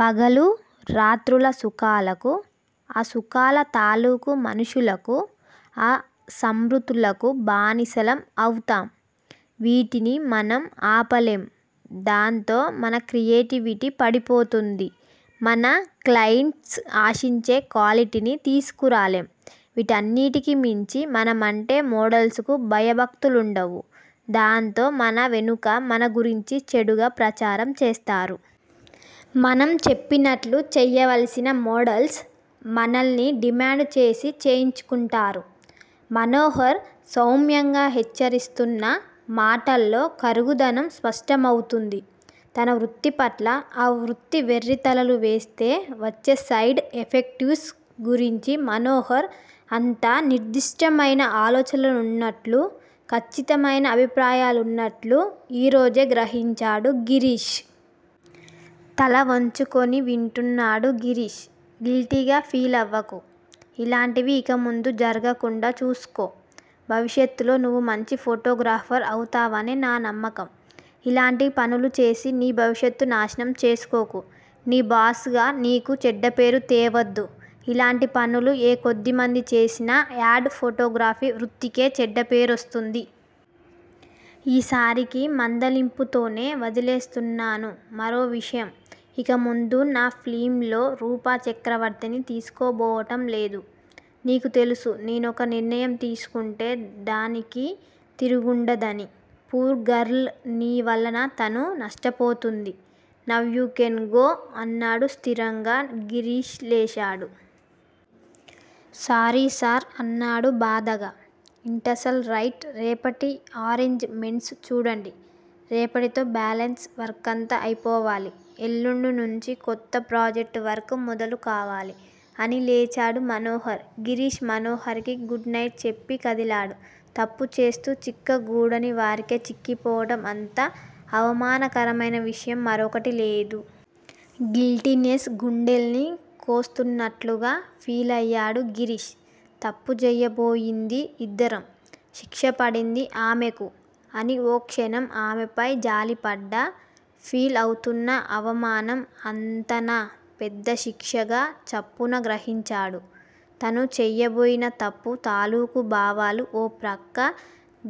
పగలు రాత్రుల సుఖాలకు, ఆ సుఖాల తాలూకు మనుష్యులకు, ఆ సమృతులకు బానిసలం అవుతాం. వీటిని మనం ఆపలేం. దాంతో మన క్రియేటివిటీ పడిపోతుంది. మన క్లాయింట్స్ ఆశించే క్వాలిటీ తీసుకురాలేం. వీటన్నింటికిమించి మనమంటే మోడల్స్ కు భయభక్తులుండవు. దాంతో మన వెనుక మన గురించి చెడుగా ప్రచారం చేస్తారు. మనం చెప్పినట్లు చేయవల్సిన మోడల్స్ మనల్ని డిమాండ్ చేసి చేయించుకుంటారు మనోహర్ సౌమ్యంగా హెచ్చరిస్తున్నా మాటల్లో కరుకుదనం స్పష్టమవుతోంది. తన వృత్తిపట్ల, ఆ వృత్తి వెర్రితలలు వేస్తే వచ్చే సైడ్ ఎఫెక్ట్సు గురించి మనోహర్ అంత నిర్దుష్టమైన ఆలోచనలున్నట్లు ఖచ్చితమైన అభిప్రాయాలున్నట్లు ఈరోజే గ్రహించాడు గిరీష్. తల వంచుకొనివింటున్నాడు గిరీష్. గిల్టీగా ఫీలవ్వకు. ఇలాంటివి ఇకముందు జరక్కుండా చూసుకో. భవిష్యత్ లో నువ్వు మంచి ఫోటోగ్రాఫర్ అవుతావనే నానమ్మకం. ఇలాంటి పనులుచేసి నీ భవిష్యత్ నాశనం చేసుకోకు. నీ బాస్ గా నీకు చెడ్డపేరు తేవద్దు. ఇలాంటి పనులు ఏ కొద్దిమంది చేసినా యాడ్ ఫోటో గ్రఫీ వృత్తికే చెడ్డ పేరొస్తుంది. ఈసారికి మందలింపుతోనే వదిలేస్తున్నాను మరో విషయం. ఇకముందు నా ఫిల్మ్ లో రూపా చక్రవర్తిని తీసుకోబోవటంలేదు. నీకు తెలుసు నేనొక నిర్ణయం తీసుకుంటే డానికి తిరుగుండదని. పూర్ గర్ల్ నీ వలన తను నష్టపోతోంది నౌ యూ కెన్ గో అన్నాడు స్థిరంగా. గిరీష్ లేచాడు. సారీ సర్ అన్నాడు బాధగా. It's all right! రేపటి అరెంజ్ మెంట్స్ చూడండి. రేపటితో బ్యాలన్స్ వర్కంతా అయిపోవాలి. ఎల్లుండి నుంచి కొత్త ప్రాజెక్టు వర్క్స్ మొదలు కావాలి అని లేచాడు మనోహర్. గిరీష్ మనోహర్ కి గుడ్ నైట్ చెప్పి కదిలాడు. తప్పుచేస్తూ, చిక్క గూడని వారికే చిక్కిపోవటం అంత అవమానకరమైన విషయం మరొకటి లేదు. గిల్టీనెస్ గుండెల్ని కోస్తున్నట్లుగా ఫీలయ్యాడు గిరీష్ తప్పుచేయబోయింది ఇద్దరం. శిక్ష పడింది ఆమెకు. అని ఓ క్షణం ఆమెపై జాలిపడ్డా, ఫీల్ అవుతున్న అవమానం అంతన్నా పెద్ద శిక్షగా చప్పున గ్రహించాడు. తను చేయబోయిన తప్పు తాలూకు భావాలు ఓ ప్రక్క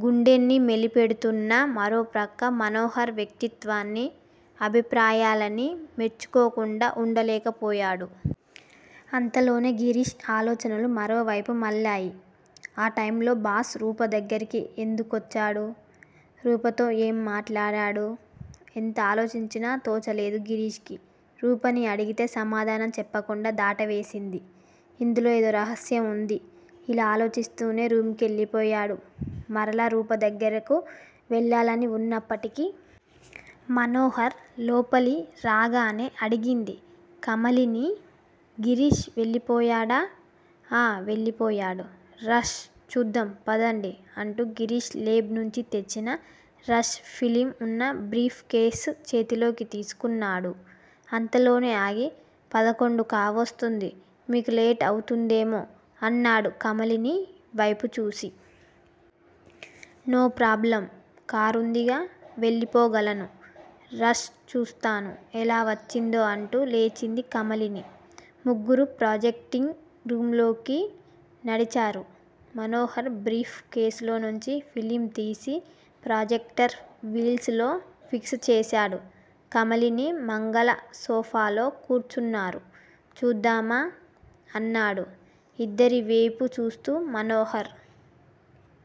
గుండెనిమెలిపెడుతున్నా, మరోప్రక్క మనోహర్ వ్యక్తిత్వాన్ని, అభిప్రాయాల్ని మెచ్చుకోకుండా వుండలేకపోయాడు. అంతలోనే గిరీష్ ఆలోచనలు మరో వైపు మళ్ళాయి. ఆ టైమ్ లో బాస్ రూపా దగ్గరకు ఎందుకొచ్చాడు? రూపాతో ఏం మాట్లాడాడు? ఎంత ఆలోచించినా తోచలేదు గిరీష్ కి రూపాని అడిగితే సమాధానం చెప్పకుండా దాటవేసింది. ఇందులో ఏదో రహస్యం వుంది ఇలా ఆలోచిస్తూనే రూమ్ కెళ్ళిపోయాడు-మరలా రూపా దగ్గరకు వెళ్ళాలని వున్నప్పటికి. మనోహర్ లోపలి రాగానే అడిగింది కమలిని. గిరీష్ వెళ్ళిపోయాడా? ఆ వెళ్ళిపోయాడు. రష్ చూద్దాం పదండి అంటూ గిరీష్ లేబ్ నుంచి తెచ్చిన రష్ ఫిల్మ్ వున్న బ్రీఫ్ కేస్ చేతిలోకి తీసుకున్నాడు. అంతలోనే ఆగి పదకొండు కావస్తోంది. మీకు లేట్ అవుతుందేమో అన్నాడు కమలినివైపు చూసి. నో ప్రాబ్లమ్ కారుందిగా వెళ్ళిపోగలను. రష్ చూస్తాను ఎలా వచ్చిందో అంటూ లేచింది కమలిని. ముగ్గురూ ప్రాజెక్టింగ్ రూమ్ లోకి నడిచారు. మనోహర్ బ్రీఫ్ కేసులోంచి ఫిల్మ్ తీసి ప్రొజెక్టర్ వీల్స్ లో ఫిక్స్ చేసాడు. కమలిని, మంగళ సోఫాలో కూర్చున్నారు. చూద్దామా? అన్నాడు ఇద్దరివేపు చూస్తూ మనోహర్.